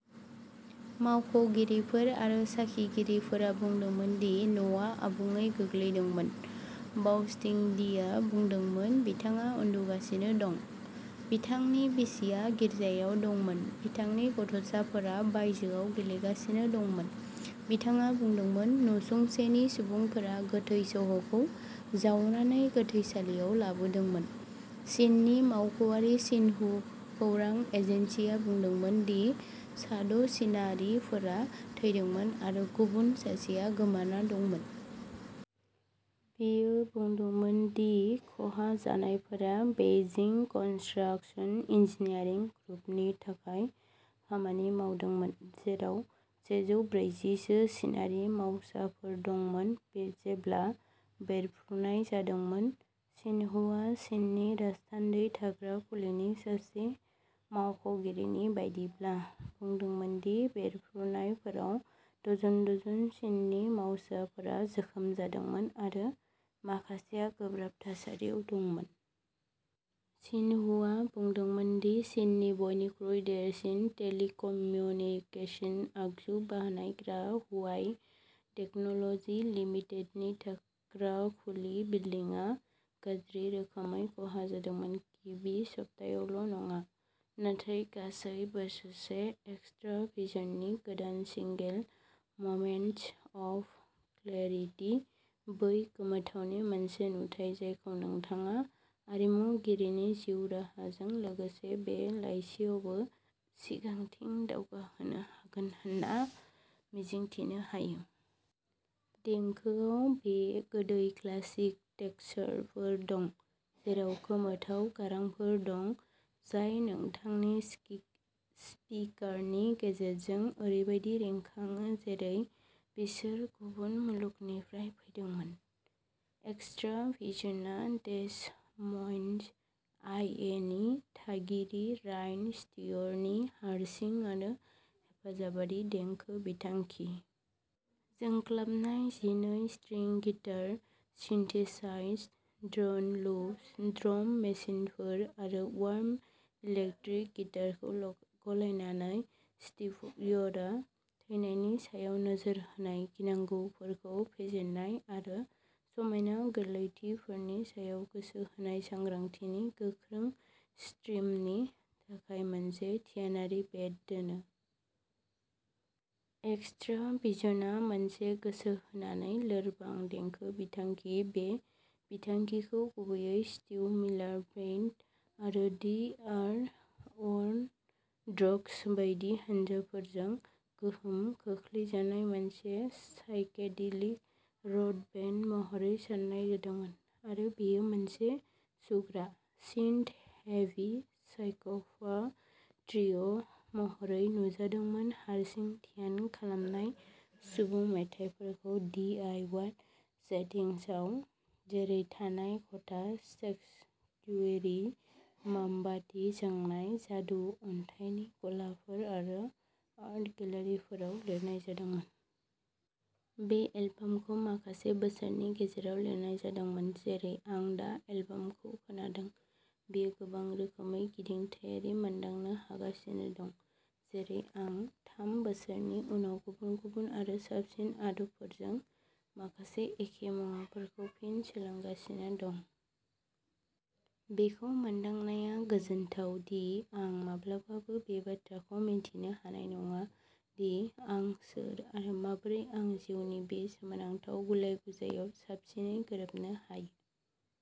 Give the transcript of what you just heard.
मावख'गिरिफोर आरो साखिगिरिफोरा बुंदोंमोन दि न'आ आबुङै गोग्लैदोंमोन। बाउत्सिंडीआ बुंदोंमोन, बिथाङा उन्दुगासिनो दं। बिथांनि बिसिया गिर्जायाव दंमोन। बिथांनि गथ'साफोरा बायजोआव गेलेगासिनो दंमोन। बिथाङा बुंदोंमोन, "नसुंसेनि सुबुंफोरा गोथै सह'खौ जावनानै गोथैसालियाव लाबोदोंमोन।" चिननि मावख'आरि सिनहु खौरां एजेन्सिआ बुंदोंमोन दि सा द' चिनारिफोरा थैदोंमोन आरो गुबुन सासेआ गोमाना दंमोन। बेयो बुंदोंमोन दि खहा जानायफोरा बेइजिं कन्सट्राक्शन इन्जिनियारिं ग्रुपनि थाखाय खामानि मावदोंमोन, जेराव सेजौ ब्रैजि सो चिनारि मावसाफोर दंमोन जेब्ला बेरफ्रुनाय जादोंमोन। सिनहुआ चिननि राजथान्दै थाग्रा खुलिनि सासे मावख'गिरिनि बायदिब्ला बुंदोंमोन दि बेरफ्रुनायफोराव डजन-डजन चिननि मावसाफोरा जोखोम जादोंमोन आरो माखासेआ गोब्राब थासारियाव दंमोन। सिनहुआ बुंदोंमोन दि चीननि बयनिख्रुइ देरसिन टेलिकम्युनिकेशन आगजु बानायग्रा हुवाई टेक्न'ल'जि लिमिटेडनि थाग्रा खुलि बिल्दिंआ गाज्रि रोखोमै खहा जादोंमोन। गिबि सप्तायावल' नङा, नाथाय गासै बोसोरसे एक्सट्राभिजननि गोदान सिंगेल, "ममेन्ट्स अफ क्लेरिटि", बै गोमोथावनि मोनसे नुथाइ जायखौ नोंथाङा आरिमुगिरिनि जिउ राहाजों लोगोसे बे लाइसिआवबो सिगांथिं दावगाहोनो हागोन होनना मिजिंथिनो हायो। देंखोआव बे गोदै क्लासिक टेक्सचारफोर दं, जेराव गोमोथाव गारांफोर दं, जाय नोंथांनि स्पिकारनि गेजेरजों ओरैबायदि रिंखाङो जेरै बिसोर गुबुन मुलुगनिफ्राय फैदोंमोन। एक्सट्राभिजनआ डेस म'इनस, आइ ए नि थागिरि रायन स्टियर नि हारसिं आरो हेफाजाबारि देंखो बिथांखि। जोंख्लाबनाय जिनै string guitar, synthesized drone loops, drum मेसिनफोर, आरो वार्म इलेक्ट्रिक गिटारखौ गलायनानै, स्टियरआ थैनायनि सायाव नोजोर होनाय, गिनांगौफोरखौ फेजेननाय, आरो समायना गोरलैथिफोरनि सायाव गोसो होनाय सांग्रांथिनि गोख्रों स्ट्रिमनि थाखाय मोनसे ध्यानारि बेड दोनो। एक्सट्राभिजनआ मोनसे गोसो होनानै लोरबां देंखो बिथांखि। बे बिथांखिखौ गुबैयै स्टीव मिलार बैंड आरो दि वार अन ड्रग्स बायदि हानजाफोरजों गोहोम खोख्लैजानाय मोनसे साइकेडेलिक रक बेन्ड महरै सान्नाय जादोंमोन आरो बेयो मोनसे सुग्रा, सिन्थ-हेभि साइकफ'क त्रिय' महरै नुजादोंमोन हारसिं ध्यान खालामनाय सुबुं मेथाइफोरखौ डि आइ वाइ सेटिंसआव जेरै थानाय खथा, सेंक्सुयेरि, मोमबाति जोंनाय जादु अन्थाइनि गलाफोर आरो आर्ट गेलारिफोराव लिरनाय जादोंमोन। बे एलबामखौ माखासे बोसोरनि गेजेराव लिरनाय जादोंमोन। जेरै आं दा एलबामखौ खोनादों, बेयो गोबां रोखोमै गिदिंथायारि मोनदांनो हमगासिनो दं। जेरै आं थाम बोसोरनि उनाव गुबुन-गुबुन आरो साबसिन आदबफोरजों माखासे एखे मुवाफोरखौ फिन सोलोंगासिनो दं। बेखौ मोनदांनाया गोजोनथाव दि आं माब्लाबाबो बे बाथ्राखौ मिन्थिनो हानाय नङा दि आं सोर आरो माबोरै आं जिउनि बे सोमोनांथाव गुलाय-गुजायाव साबसिनै गोरोबनो हायो।